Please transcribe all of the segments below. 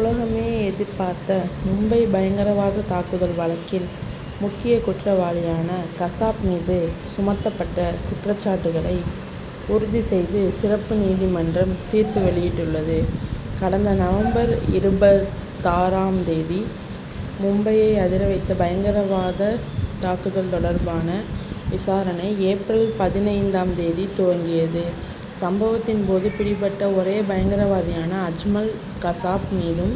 உலகமே எதிர்பார்த்த மும்பை பயங்கரவாத தாக்குதல் வழக்கில் முக்கிய குற்றவாளியான கசாப் மீது சுமத்தப்பட்ட குற்றச்சாட்டுகளை உறுதி செய்து சிறப்பு நீதிமன்றம் தீர்ப்பு வெளியிட்டுள்ளது. கடந்த நவம்பர் இருபத்தாறாம் தேதி மும்பையை அதிரவைத்த பயங்கரவாத தாக்குதல் தொடர்பான விசாரணை ஏப்ரல் பதினைந்தாம் தேதி துவங்கியது. சம்பவத்தின் போது பிடிபட்ட ஒரே பயங்கரவாதியான அஜ்மல் கசாப் மீதும்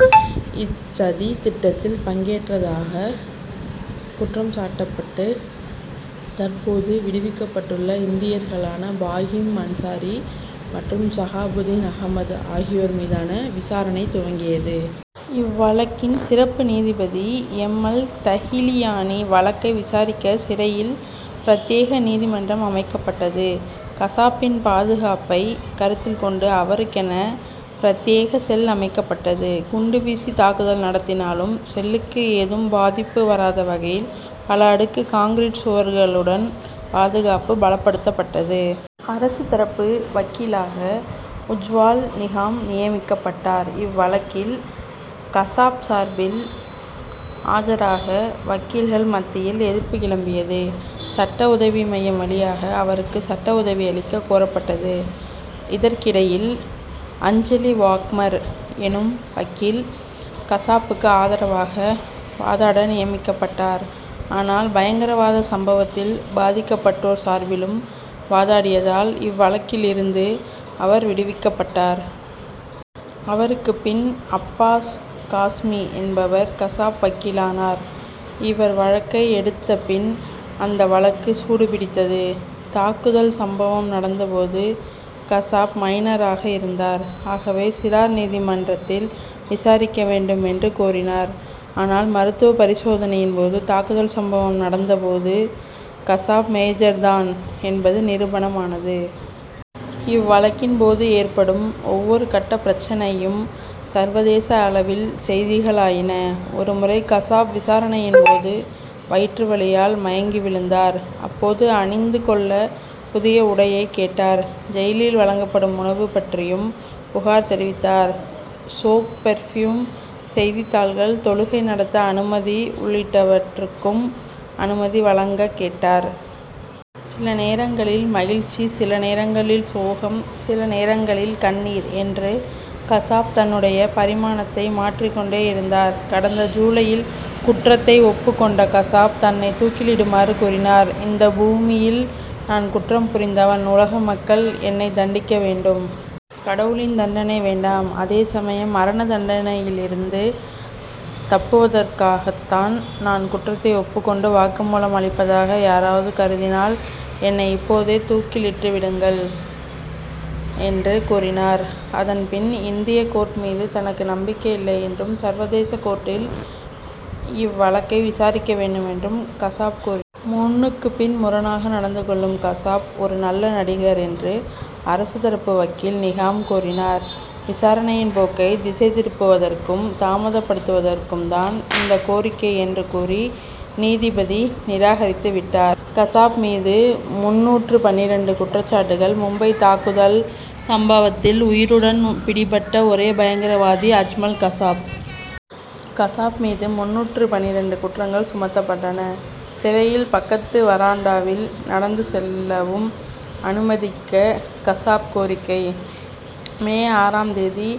இச்சதி திட்டத்தில் பங்கேற்றதாக குற்றம்சாட்டப்பட்டு தற்போது விடுவிக்கப்பட்டுள்ள இந்தியர்களான பாகிம் அன்சாரி மற்றும் சகாபுதீன் அகமது ஆகியோர் மீதான விசாரணை துவங்கியது. இவ்வழக்கின் சிறப்பு நீதிபதி எம். எல். தகிலியானி வழக்கை விசாரிக்க சிறையில் பிரத்யேக நீதிமன்றம் அமைக்கப்பட்டது. கசாப்பின் பாதுகாப்பை கருத்தில் கொண்டு அவருக்கென பிரத்யேக செல் அமைக்கப்பட்டது. குண்டுவீசி தாக்குதல் நடத்தினாலும் செல்லுக்கு ஏதும் பாதிப்பு வராத வகையில் பல அடுக்கு கான்கிரீட் சுவர்களுடன் பாதுகாப்பு பலப்படுத்தப்பட்டது. அரசு தரப்பு வக்கீலாக உஜ்வால் நிகாம் நியமிக்கப்பட்டார். இவ்வழக்கில் கசாப் சார்பில் ஆஜராக வக்கீல்கள் மத்தியில் எதிர்ப்பு கிளம்பியது. சட்ட உதவி மையம் வழியாக அவருக்கு சட்ட உதவி அளிக்க கோரப்பட்டது. இதற்கிடையில் அஞ்சலி வாக்மர் எனும் வக்கீல் கசாப்புக்கு ஆதரவாக வாதாட நியமிக்கப்பட்டார். ஆனால் பயங்கரவாத சம்பவத்தில் பாதிக்கப்பட்டோர் சார்பிலும் வாதாடியதால் இவ்வழக்கிலிருந்து அவர் விடுவிக்கப்பட்டார். அவருக்கு பின் அப்பாஸ் காஸ்மி என்பவர் கசாப் வக்கீலானார். இவர் வழக்கை எடுத்த பின் அந்த வழக்கு சூடுபிடித்தது. தாக்குதல் சம்பவம் நடந்த போது கசாப் மைனராக இருந்தார். ஆகவே சிறார் நீதிமன்றத்தில் விசாரிக்க வேண்டும் என்று கோரினார். ஆனால் மருத்துவப் பரிசோதனையின் போது தாக்குதல் சம்பவம் நடந்த போது கசாப் மேஜர் தான் என்பது நிரூபணம் ஆனது. இவ்வழக்கின் போது ஏற்படும் ஒவ்வொரு கட்டப் பிரச்னையும் சர்வதேச அளவில் செய்திகளாயின. ஒரு முறை கசாப் விசாரணையின் போது வயிற்று வலியால் மயங்கி விழுந்தார். அப்போது அணிந்து கொள்ள புதிய உடையை கேட்டார். ஜெயிலில் வழங்கப்படும் உணவு பற்றியும் புகார் தெரிவித்தார். சோப் பெர்பியூம் செய்தித்தாள்கள் தொழுகை நடத்த அனுமதி உள்ளிட்டவற்றுக்கும் அனுமதி வழங்கக் கேட்டார். சில நேரங்களில் மகிழ்ச்சி சில நேரங்களில் சோகம் சில நேரங்களில் கண்ணீர் என்று கசாப் தன்னுடைய பரிமாணத்தை மாற்றிக் கொண்டே இருந்தார். கடந்த ஜூலையில் குற்றத்தை ஒப்புக் கொண்ட கசாப் தன்னை தூக்கிலிடுமாறு கூறினார். இந்த பூமியில் நான் குற்றம் புரிந்தவன். உலக மக்கள் என்னை தண்டிக்க வேண்டும். கடவுளின் தண்டனை வேண்டாம். அதே சமயம் மரண தண்டனையிலிருந்து தப்புவதற்காகத்தான் நான் குற்றத்தை ஒப்புக் கொண்டு வாக்குமூலம் அளிப்பதாக யாராவது கருதினால் என்னை இப்போதே தூக்கிலிட்டுவிடுங்கள் என்று கூறினார். அதன் பின் இந்திய கோர்ட் மீது தனக்கு நம்பிக்கை இல்லை என்றும் சர்வதேச கோர்ட்டில் இவ்வழக்கை விசாரிக்க வேண்டும் என்றும் கசாப் கூறி முன்னுக்குப்பின் முரணாக நடந்து கொள்ளும் கசாப் ஒரு நல்ல நடிகர் என்று அரசு தரப்பு வக்கீல் நிகாம் கூறினார். விசாரணையின் போக்கை திசை திருப்புவதற்கும் தாமதப்படுத்துவதற்கும்தான் இந்த கோரிக்கை என்று கூறி நீதிபதி நிராகரித்துவிட்டார். கசாப் மீது முந்நூற்று பன்னிரண்டு குற்றச்சாட்டுகள் மும்பைத் தாக்குதல் சம்பவத்தில் உயிருடன் பிடிபட்ட ஒரே பயங்கரவாதி அஜ்மல் கசாப். கசாப் மீது முந்நூற்று பனிரெண்டு குற்றங்கள் சுமத்தப்பட்டன. சிறையில் பக்கத்து வராண்டாவில் நடந்து செல்லவும் அனுமதிக்க கசாப் கோரிக்கை. மே ஆறாம் தேதி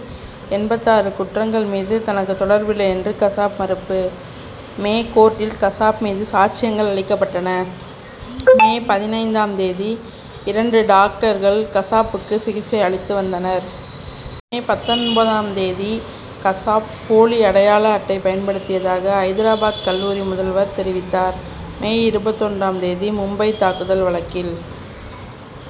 எண்பத்தாறு குற்றங்கள் மீது தனக்கு தொடர்பில்லை என்று கசாப் மறுப்பு. மே கோர்ட்டில் கசாப் மீது சாட்சியங்கள் அளிக்கப்பட்டன. மே பதினைந்தாம் தேதி இரண்டு டாக்டர்கள் கசாப்புக்கு சிகிச்சை அளித்து வந்தனர். மே பத்தொன்பதாம் தேதி கசாப் போலி அடையாள அட்டை பயன்படுத்தியதாக ஐதராபாத் கல்லூரி முதல்வர் தெரிவித்தார். மே இருபத்தொன்றாம் தேதி மும்பைத் தாக்குதல் வழக்கில்.